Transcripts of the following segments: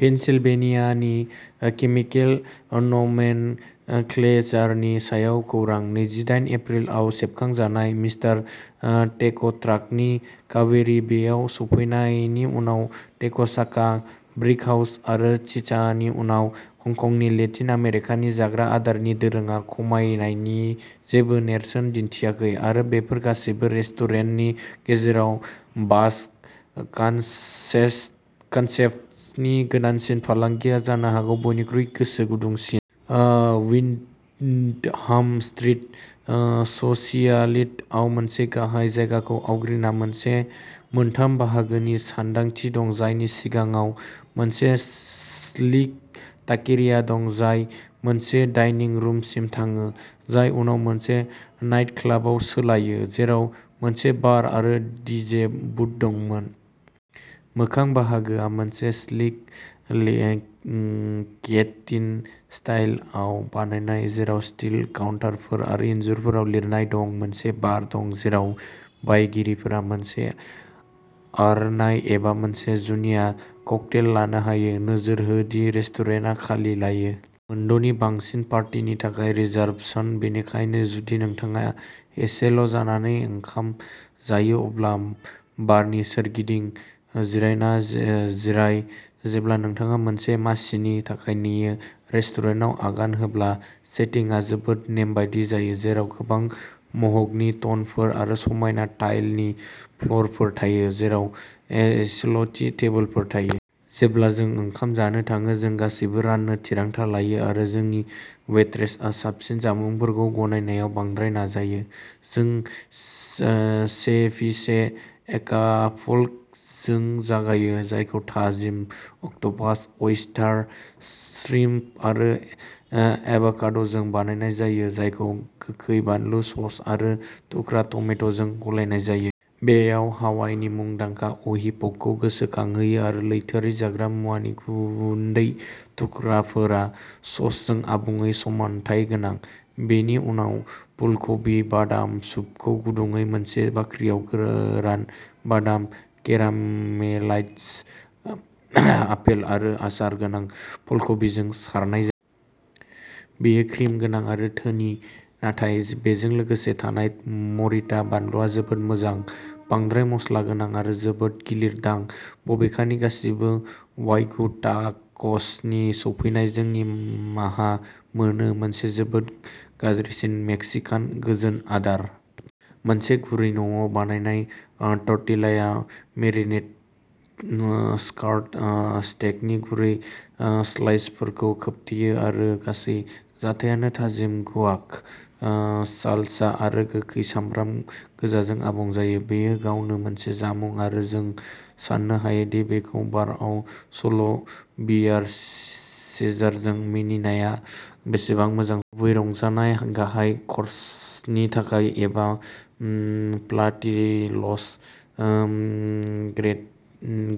पेनसिलभेनियानि। Chemical नमेनक्लेचारनि सायाव खौरां। नैजिदायेन एप्रिल आव सेबखांजानाय। मिस्टार टेक'ट्राकनि क्वारी बेआव सफैनायनि उनाव, टेक'चाका, ब्रिकहाउस आरो चिचानि उनाव, हंकंनि लेटिन आमेरिकानि जाग्रा आदारनि दोरोंआ खमायनायनि जेबो नेरसोन दिन्थियाखै। आरो, बेफोर गासैबो रेस्टुरेन्टफोरनि गेजेराव, बाज कन्सेप्ट्सनि गोदानसिन फालांगिया जानो हागौ बयनिख्रुइबो गोसो गुदुंसिन। विन्डहाम स्ट्रीट, सोसियालित' आव मोनसे गाहाय जायगाखौ आवग्रिना मोनसे मोनथाम बाहागोनि सानदांथि दं, जायनि सिगाङाव मोनसे स्लिक टाकेरिया दं, जाय मोनसे डाइनिं रुमसिम थाङो, जाय उनाव मोनसे नाइटक्लाबाव सोलायो, जेराव मोनसे बार आरो डीजे बुथ दं। मोखां बाहागोआ, मोनसे स्लिक केन्टिन स्टाइलआव बानायनाय, जेराव स्टील काउन्टारफोर आरो इन्जुरफोराव लिरनाय दं, मोनसे बार दं जेराव बायगिरिफोरा मोनसे अरनाय एबा मोनसे जुनिया ककटेल लानो हायो। नोजोर हो दि रेस्टुरेन्टआ खालि लायो। मोनद'नि बांसिन पार्टिनि थाखाय रिजार्भेसन-बेनिखायनो जुदि नोंथाङा एसेल' जानानै ओंखाम जायो, अब्ला बारनि सोरगिदिं जिरायना जिराय, जेब्ला नोंथाङा मोनसे मासिनि थाखाय नेयो। रेस्टुरेन्टआव आगान होब्ला सेटिंआ जोबोद नेमबादि जायो, जेराव गोबां मह'गनि टनफोर आरो समायना टाइलनि फ्ल'रफोर थायो, जेराव एसेल'थि टेबोलफोर थायो। जेब्ला जों ओंखाम जानो थाङो, जों गासैबो राननो थिरांथा लायो आरो जोंनि वेट्रेसआ साबसिन जामुंफोरखौ गनायनायाव बांद्राय नाजायो। जों सेभिचे एकापुल्क' जों जागायो, जायखौ थाजिम अक्ट'पास, आयस्टार, श्रिंप आरो एभ'केड'जों बानायनाय जायो, जायखौ गोखै बानलु सस आरो थुख्रा टमेट'जों गलायनाय जायो। बेयो हावाइनि मुंदांखा अहि पकखौ गोसोखांहोयो आरो लैथोआरि जाग्रा मुवानि गुन्दै थुख्राफोरा ससजों आबुङै समानथाय गोनां। बेनि उनाव फुलकबि बादाम सुप खौ गुदुंयै मोनसे बाख्रियाव गोरान बादाम, केरामेलाइज्ड आपेल आरो आसार गोनां फुलकबिजों सारनाय जायो। बेयो क्रिम गोनां आरो धोनि नाथाय बेजों लोगोसे थानाय मरिटा बानलुआ जोबोद मोजां। बांद्राय मस्लागोनां आरो जोबोद गिलिर दां। बबेखानि, गासिबो वाग्यु टाक'स नि सौफैनायजों निमाहा मोनो मोनसे जोबोद गाज्रिसिन मेक्सिकान गोजोन आदार। मोनसे गुरै न'आव बानायनाय टर्टिलाया मेरिनेटेड स्कार्ट स्टेकनि गुरै स्लाइसफोरखौ खोबथेयो आरो गासै जाथायानो थाजिम गुआक, सालसा आरो गोखै सामब्राम गोजाजों आबुं जायो। बेयो गावनो मोनसे जामुं आरो जों साननो हायोदि बेखौ बारआव स'ल बियार चेजारजों मिनिनाया बेसेबां मोजां जागोन। गुबै रंजानाय गाहाय क'र्सनि थाखाय एबा' प्लाटिल'स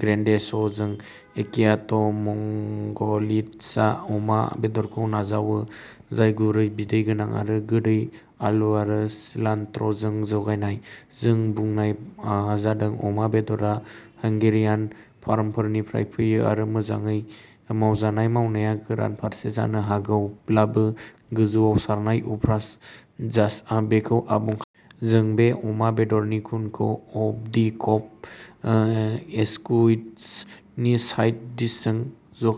ग्रेन्डेस' जों एकिय'ट मंगलित्सा अमा बेदरखौ नाजावो, जाय गुरै, बिदै गोनां आरो गोदै आलु आरो सिलान्ट्र'जों जगायनाय। जों बुंनाय जादों अमा बेदरआ हंगेरियान फार्मफोरनिफ्राय फैयो आरो मोजाङै मावजानाय मावनाया गोरान फारसे जानो हागौब्लाबो, गोजौआव सारनाय उफ्रा जासआ बेखौ आबुं खालामो। जों बे अमा बेदरनि गुनखौ अफ द कब एस्कुइट्स नि साइड डिशजों ज'खालामो।